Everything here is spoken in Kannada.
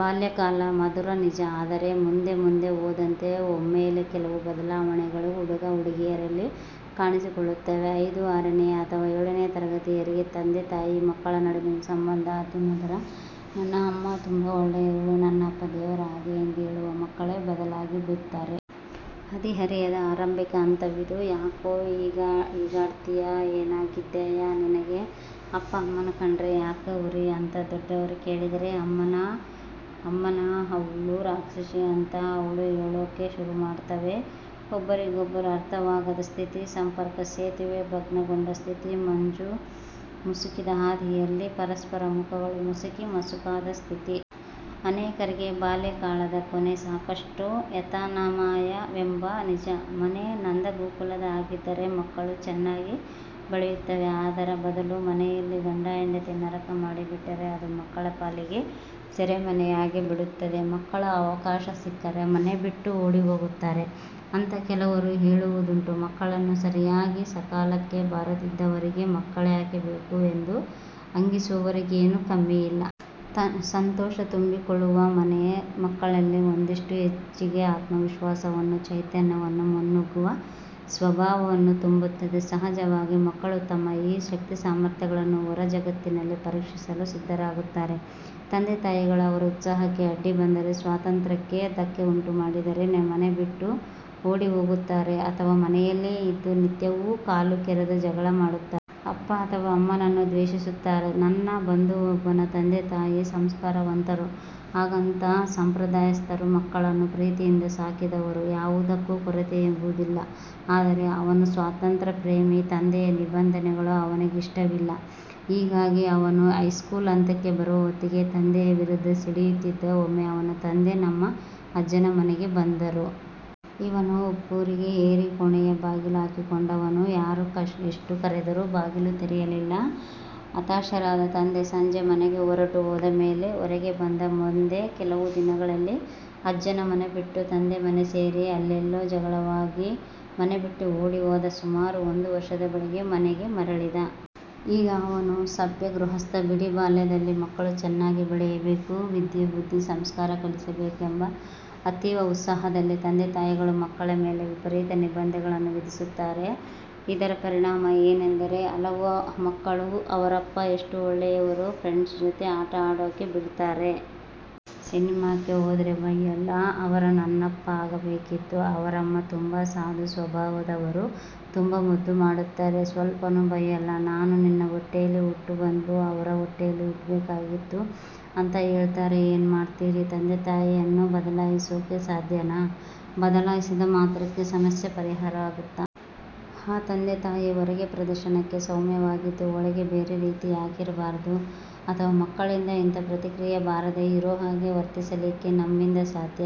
ಬಾಲ್ಯಕಾಲ ಮಧುರ ನಿಜ, ಆದರೆ ಮುಂದೆ ಮುಂದೆ ಹೋದಂತೆ ಒಮ್ಮೆಲೆ ಕೆಲವು ಬದಲಾವಣೆಗಳು ಹುಡುಗ-ಹುಡುಗಿಯರಲ್ಲಿ ಕಾಣಿಸಿಕೊಳ್ಳುತ್ತವೆ. ಐದು ಆರನೆಯ ಅಥವಾ ಏಳನೆಯ ತರಗತಿವರೆಗೆ ತಾಯಿ-ತಂದೆ ಮಕ್ಕಳ ನಡುವಿನ ಸಂಬಂಧ ಅತಿಮಧುರ. "ನನ್ನ ಅಮ್ಮ ತುಂಬ ಒಳ್ಳೆಯವಳು", "ನನ್ನಪ್ಪ ದೇವರ ಹಾಗೆ" ಎಂದು ಹೇಳುವ ಮಕ್ಕಳೇ ಬದಲಾಗಿಬಿಡುತ್ತಾರೆ. ಹದಿಹರೆಯದ ಆರಂಭಿಕ ಹಂತವಿದು. "ಯಾಕೋ ಹೀಗಾಡ್ತೀಯಾ? ಏನಾಗಿದ್ದಯೋ ನಿನಗೆ! ಅಪ್ಪ ಅಮ್ಮನ್ನ ಕಂಡ್ರೆ ಯಾಕೋ ಉರಿ?" ಅಂತ ದೊಡ್ಡವರು ಕೇಳಿದರೆ "ಅಮ್ಮನಾ ಅವ್ಳು ರಾಕ್ಷಸಿ" ಅಂತ ಮಕ್ಕಳು ಹೇಳೋಕೆ ಶುರುಮಾಡ್ತವೆ. ಒಬ್ಬರಿಗೊಬ್ಬರು ಅರ್ಥವಾಗದ ಸ್ಥಿತಿ. ಸಂಪರ್ಕಸೇತುವೆ ಭಗ್ನಗೊಂಡ ಸ್ಥಿತಿ. ಮಂಜು ಮುಸುಕಿದ ಹಾದಿಯಲ್ಲಿ ಪರಸ್ಪರ ಮುಖಗಳು ಮಸುಕು ಮಸುಕಾದ ಸ್ಥಿತಿ. ಅನೇಕರಿಗೆ ಬಾಲ್ಯಕಾಳದ ಕೊನೆ. ಸಾಕಷ್ಟು ಯಾತನಾಮಯವೆಂಬು ನಿಜ. ಮನೆ ನಂದಗೋಕುಲದ ಹಾಗಿದ್ದರೆ ಮಕ್ಕಳು ಚೆನ್ನಾಗಿ ಬೆಳೆಯುತ್ತವೆ. ಅದರ ಬದಲು ಮನೆಯನ್ನು ಗಂಡ-ಹೆಂಡತಿ ನರಕ ಮಾಡಿಬಿಟ್ಟರೆ ಅದು ಮಕ್ಕಳ ಪಾಲಿಗೆ ಸೆರಮನೆಯಾಗಿ ಬಿಡುತ್ತದೆ. ಮಕ್ಕಳು ಅವಕಾಶ ಸಿಕ್ಕರೆ ಮನೆಬಿಟ್ಟು ಓಡಿಹೋಗುತ್ತಾರೆ ಅಂತ ಕೆಲವರು ಹೇಳುವುದುಂಟು. "ಮಕ್ಕಳನ್ನು ಸರಿಯಾಗಿ ಸಾಕಲಿಕ್ಕೆ ಬಾರದಿದ್ದವರಿಗೆ ಮಕ್ಕಳ್ಯಾಕೆ ಬೇಕು" ಎಂದು ಹಂಗಿಸುವವರಿಗೇನೂ ಕಮ್ಮಿಯಿಲ್ಲ. ಸಂತೋಷ ತುಂಬಿತುಳುಕುವ ಮನೆ ಮಕ್ಕಳಲ್ಲಿ ಒಂದಿಷ್ಟು ಹೆಚ್ಚಿಗೆ ಆತ್ಮವಿಶ್ವಾಸವನ್ನು, ಚೈತನ್ಯವನ್ನು, ಮುನ್ನುಗ್ಗುವ ಸ್ವಭಾವವನ್ನು ತುಂಬುತ್ತದೆ. ಸಹಜವಾಗಿ ಮಕ್ಕಳು ತಮ್ಮ ಈ ಶಕ್ತಿಸಾಮರ್ಥ್ಯಗಳನ್ನು ಹೊರಜಗತ್ತಿನಲ್ಲಿ ಪರೀಕ್ಷಿಸಲು ಸಿದ್ಧರಾಗುತ್ತಾರೆ. ತಂದೆತಾಯಿಗಳು ಅವರ ಉತ್ಸಾಹಕ್ಕೆ ಅಡ್ಡಿಬಂದರೆ, ಸ್ವಾತಂತ್ಯ್ರಕ್ಕೆ ಧಕ್ಕೆ ಉಂಟುಮಾಡಿದರೆ ಮನೆಬಿಟ್ಟು ಓಡಿಹೋಗುತ್ತಾರೆ ಅಥವಾ ಮನೆಯಲ್ಲೇ ಇದ್ದು ನಿತ್ಯವೂ ಕಾಲುಕೆರೆದು ಜಗಳ ಮಾಡುತ್ತಾರೆ. ಅಪ್ಪ ಅಥವಾ ಅಮ್ಮನನ್ನು ದ್ವೇಷಿಸುತ್ತಾರೆ. ನನ್ನ ಬಂಧುವೊಬ್ಬನ ತಂದೆತಾಯಿ ಸಂಸ್ಕಾರವಂತರು. ಹಾಗಂತ ಸಂಪ್ರದಾಯಸ್ಥರು. ಮಕ್ಕಳನ್ನು ಪ್ರೀತಿಯಿಂದ ಸಾಕಿದವರು. ಯಾವುದಕ್ಕೂ ಕೊರತೆ ಎಂಬುದಿಲ್ಲ. ಆದರೆ ಅವನು ಸ್ವಾತಂತ್ಯ್ರ ಪ್ರೇಮಿ. ತಂದೆಯ ನಿಬಂಧನೆಗಳು ಅವನಿಗಿಷ್ಟವಿಲ್ಲ. ಹೀಗಾಗಿ ಅವನು ಹೈಸ್ಕೂಲು ಹಂತಕ್ಕೆ ಬರುವ ಹೊತ್ತಿಗೆ ತಂದೆಯ ವಿರುದ್ಧ ಸಿಡಿಯುತ್ತಿದ್ದ. ಒಮ್ಮೆ ಅವನ ತಂದೆ ನಮ್ಮ ಅಜ್ಜನ ಮನೆಗೆ ಬಂದರು. ಇವನು ಉಪ್ಪರಿಗೆ ಏರಿ ಕೋಣೆಯ ಬಾಗಿಲು ಹಾಕಿಕೊಂಡವನು ಯಾರು ಎಷ್ಟು ಕರೆದರೂ ಬಾಗಿಲು ತೆರೆಯಲಿಲ್ಲ. ಹತಾಶರಾದ ತಂದೆ ಸಂಜೆ ಮನೆಗೆ ಹೊರಟು ಹೋದಮೇಲೆ ಹೊರಗೆಬಂದ. ಮುಂದೆ ಕೆಲವೇ ದಿನಗಳಲ್ಲಿ ಅಜ್ಜನ ಮನೆಬಿಟ್ಟು ತಂದೆಮನೆ ಸೇರಿ ಅಲ್ಲೇನೋ ಜಗಳವಾಗಿ ಮನೆಬಿಟ್ಟು ಓಡಿ ಹೋದ. ಸುಮಾರು ಒಂದು ವರ್ಷದ ಬಳಿಕ ಮನೆಗೆ ಮರಳಿದ. ಈಗ ಅವನು ಸಭ್ಯ ಗೃಹಸ್ಥ ಬಿಡಿ ಬಾಲ್ಯದಲ್ಲಿ ಮಕ್ಕಳು ಚೆನ್ನಾಗಿ ಬೆಳೆಯಬೇಕು. ವಿದ್ಯೆ ಬುದ್ಧಿ ಸಂಸ್ಕಾರ ಗಳಿಸಬೇಕೆಂಬ ಅತೀವ ಉತ್ಸಾಹದಲ್ಲಿ ತಂದೆತಾಯಿಗಳು ಮಕ್ಕಳ ಮೇಲೆ ವಿಪರೀತ ನಿರ್ಬಂಧಗಳನ್ನು ವಿಧಿಸುತ್ತಾರೆ. ಇದರ ಪರಿಣಾಮ ಏನೆಂದರೆ ಹಲವು ಮಕ್ಕಳು "ಅವರಪ್ಪ ಎಷ್ಟು ಒಳ್ಳೆಯವರು. ಫ್ರೆಂಡ್ಸ್ ಜೊತ ಆಟ ಆಡೋಕೆ ಬಿಡ್ತಾರೆ. ಸಿನೆಮಾಕ್ಕೆ ಹೋದ್ರೆ ಬಯ್ಯಲ್ಲ. ಅವರು ನನ್ನಪ್ಪ ಆಗಬೇಕಿತ್ತು". "ಅವರಮ್ಮ ತುಂಬ ಸಾಧು ಸ್ವಭಾವದವರು. ತುಂಬ ಮುದ್ದುಮಾಡ್ತಾರೆ. ಸ್ವಲ್ಪಾನೂ ಬೈಯಲ್ಲ. ನಾನು ನಿನ್ನ ಹೊಟ್ಟೇಲಿ ಹುಟ್ಟೋ ಬದ್ಲು ಅವ್ರ ಹೊಟ್ಟೇಲಿ ಹುಟ್ಬೇಕಾಗಿತ್ತು ಅಂತ ಹೇಳ್ತಾರೆ. ಏನ್ಮಾಡ್ತೀರಿ ತಂದೆತಾಯಿಯನ್ನು ಬದಲಾಯಿಸೋಕೆ ಸಾಧ್ಯನಾ, ಬದಲಾಯಿಸಿದ ಮಾತ್ರಕ್ಕೆ ಸಮಸ್ಯೆ ಪರಿಹರ ಆಗುತ್ತಾ? ಆ ತಂದೆತಾಯಿ ಹೊರಗೆ ಪ್ರದರ್ಶನಕ್ಕೆ ಸೌಮ್ಯವಾಗಿದ್ದು ಒಳಗೆ ಬೇರೆ ರೀತಿ ಯಾಕಿರಬಾರ್ದು, ಅಥವಾ ಮಕ್ಕಳಿಂದ ಇಂಥ ಪ್ರತಿಕ್ರಿಯೆ ಬರದೆ ಇರೋ ಹಾಗೆ ವರ್ತಿಸಲಿಕ್ಕೆ ನಮ್ಮಿಂದ ಸಾಧ್ಯನ?